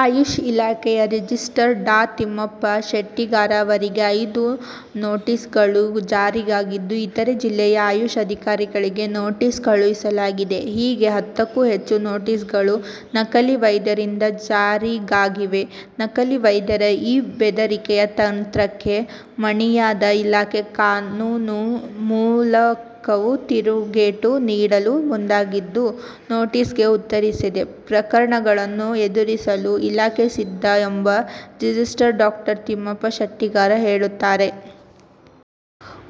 ಆಯುಷ್ ಇಲಾಖೆ ರಿಜಿಸ್ಟ್ರಾರ್ ಡಾ. ತಿಮ್ಮಪ್ಪ ಶೆಟ್ಟಿಗಾರ್ ಅವರಿಗೆ ಐದು ನೋಟಿಸ್ಗಳು ಜಾರಿಯಾಗಿದ್ದು, ಇತರೆ ಜಿಲ್ಲೆಯ ಆಯುಷ್ ಅಧಿಕಾರಿಗಳಿಗೂ ನೋಟಿಸ್ ಕಳುಹಿಸಲಾಗಿದೆ. ಹೀಗೆ ಹತ್ತಕ್ಕೂ ಹೆಚ್ಚು ನೋಟಿಸ್ಗಳು ನಕಲಿ ವೈದ್ಯರಿಂದ ಜಾರಿಯಾಗಿವೆ. ನಕಲಿ ವೈದ್ಯರ ಈ ಬೆದರಿಕೆ ತಂತ್ರಕ್ಕೆ ಮಣಿಯದ ಇಲಾಖೆ ಕಾನೂನು ಮೂಲಕವೇ ತಿರುಗೇಟು ನೀಡಲು ಮುಂದಾಗಿದ್ದು, ನೋಟಿಸ್ಗೆ ಉತ್ತರಿಸದೆ ಪ್ರಕರಣಗಳನ್ನು ಎದುರಿಸಲು ಇಲಾಖೆ ಸಿದ್ಧ ಎಂದು ರಿಜಿಸ್ಟ್ರಾರ್ ಡಾಕ್ಟರ್ ತಿಮ್ಮಪ್ಪ ಶೆಟ್ಟಿಗಾರ್ ಹೇಳುತ್ತಾರೆ.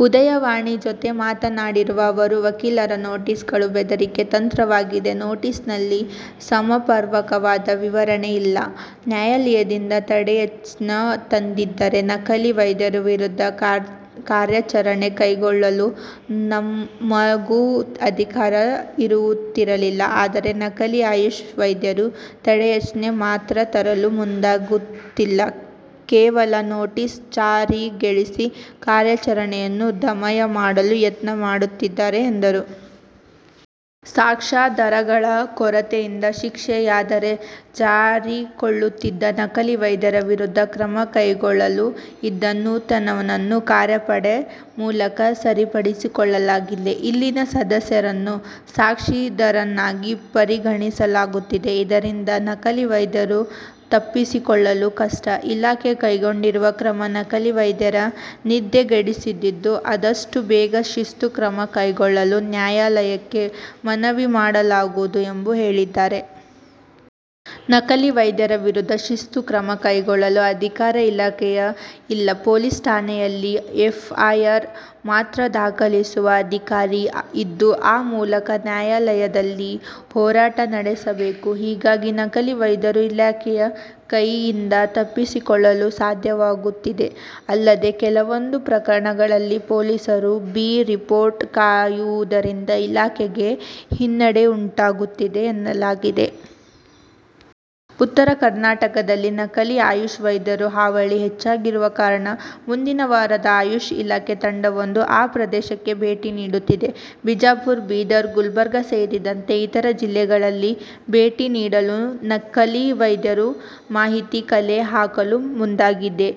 ಉದಯವಾಣಿ ಜತೆ ಮಾತನಾಡಿದ ಅವರು, ವಕೀಲರ ನೋಟಿಸ್ಗಳು ಬೆದರಿಕೆ ತಂತ್ರವಾಗಿದೆ. ನೋಟಿಸ್ನಲ್ಲಿ ಸಮರ್ಪಕವಾದ ವಿವರಣೆ ಇಲ್ಲ. ನ್ಯಾಯಾಲಯದಿಂದ ತಡೆಯಾಜ್ಞೆ ತಂದಿದ್ದರೆ ನಕಲಿ ವೈದ್ಯರ ವಿರುದ್ಧ ಕಾರ್ಯಾಚರಣೆ ಕೈಗೊಳ್ಳಲು ನಮಗೂ ಅಧಿಕಾರ ಇರುತ್ತಿರಲಿಲ್ಲ. ಆದರೆ, ನಕಲಿ ಆಯುಷ್ ವೈದ್ಯರು ತಡೆಯಾಜ್ಞೆ ಮಾತ್ರ ತರಲು ಮುಂದಾಗುತ್ತಿಲ್ಲ. ಕೇವಲ ನೋಟಿಸ್ ಜಾರಿಗೊಳಿಸಿ ಕಾರ್ಯಾಚರಣೆಯನ್ನು ದಮನ ಮಾಡುವ ಯತ್ನ ಮಾಡುತ್ತಿದ್ದಾರೆ ಎಂದರು. ಸಾಕ್ಷ್ಯಾಧಾರಗಳ ಕೊರತೆಯಿಂದ ಶಿಕ್ಷೆಯಾಗದೆ ಜಾರಿಕೊಳ್ಳುತ್ತಿದ್ದ ನಕಲಿ ವೈದ್ಯರ ವಿರುದ್ಧ ಕ್ರಮ ಕೈಗೊಳ್ಳಲು ಇದ್ದ ನ್ಯೂನತೆಯನ್ನು ಕಾರ್ಯಪಡೆ ಮೂಲಕ ಸರಿಪಡಿಸಿಕೊಳ್ಳಲಾಗಿದೆ. ಇಲ್ಲಿನ ಸದಸ್ಯರನ್ನು ಸಾಕ್ಷಿದಾರರನ್ನಾಗಿ ಪರಿಗಣಿಸಲಾಗುತ್ತಿದೆ. ಇದರಿಂದ ನಕಲಿ ವೈದ್ಯರು ತಪ್ಪಿಸಿಕೊಳ್ಳಲು ಕಷ್ಟ. ಇಲಾಖೆ ಕೈಗೊಂಡಿರುವ ಕ್ರಮ ನಕಲಿ ವೈದ್ಯರ ನಿದ್ದೆಗೆಡಿಸಿದ್ದು, ಅದಷ್ಟು ಬೇಗ ಶಿಸ್ತು ಕ್ರಮ ಕೈಗೊಳ್ಳಲು ನ್ಯಾಯಾಲಯಕ್ಕೆ ಮನವಿ ಮಾಡಲಾಗುವುದು ಎಂದು ಹೇಳಿದ್ದಾರೆ. ನಕಲಿ ವೈದ್ಯರ ವಿರುದ್ಧ ಶಿಸ್ತು ಕ್ರಮ ಕೈಗೊಳ್ಳುವ ಅಧಿಕಾರ ಇಲಾಖೆಗೆ ಇಲ್ಲ. ಪೊಲೀಸ್ ಠಾಣೆಯಲ್ಲಿ ಎಫ್ಐಆರ್ ಮಾತ್ರ ದಾಖಲಿಸುವ ಅಧಿಕಾರಿ ಇದ್ದು, ಆ ಮೂಲಕ ನ್ಯಾಯಾಲಯದಲ್ಲಿ ಹೋರಾಟ ನಡೆಸಬೇಕು. ಹೀಗಾಗಿ ನಕಲಿ ವೈದ್ಯರು ಇಲಾಖೆಯ ಕೈಯಿಂದ ತಪ್ಪಿಸಿಕೊಳ್ಳಲು ಸಾಧ್ಯವಾಗುತ್ತಿದೆ. ಅಲ್ಲದೆ, ಕೆಲವೊಂದು ಪ್ರಕರಣಗಳಲ್ಲಿ ಪೊಲೀಸರು ಬಿ ರಿಪೋರ್ಟ್ ಹಾಕುವುದರಿಂದ ಇಲಾಖೆಗೆ ಹಿನ್ನೆಡೆಯುಂಟಾಗುತ್ತಿದೆ ಎನ್ನಲಾಗಿದೆ. ಉತ್ತರ ಕರ್ನಾಟಕದಲ್ಲಿ ನಕಲಿ ಆಯುಷ್ ವೈದ್ಯರ ಹಾವಳಿ ಹೆಚ್ಚಾಗಿರುವ ಕಾರಣ ಮುಂದಿನ ವಾರದಲ್ಲಿ ಆಯುಷ್ ಇಲಾಖೆ ತಂಡವೊಂದು ಆ ಪ್ರದೇಶಕ್ಕೆ ಭೇಟಿ ನೀಡುತ್ತಿದೆ. ಬಿಜಾಪುರ, ಬೀದರ್, ಗುಲ್ಬರ್ಗ ಸೇರಿದಂತೆ ಇತರೆ ಜಿಲ್ಲೆಗಳಿಗೆ ಭೇಟಿ ನೀಡಿ ನಕಲಿ ವೈದ್ಯರ ಮಾಹಿತಿ ಕಲೆ ಹಾಕಲು ಮುಂದಾಗಿದೆ.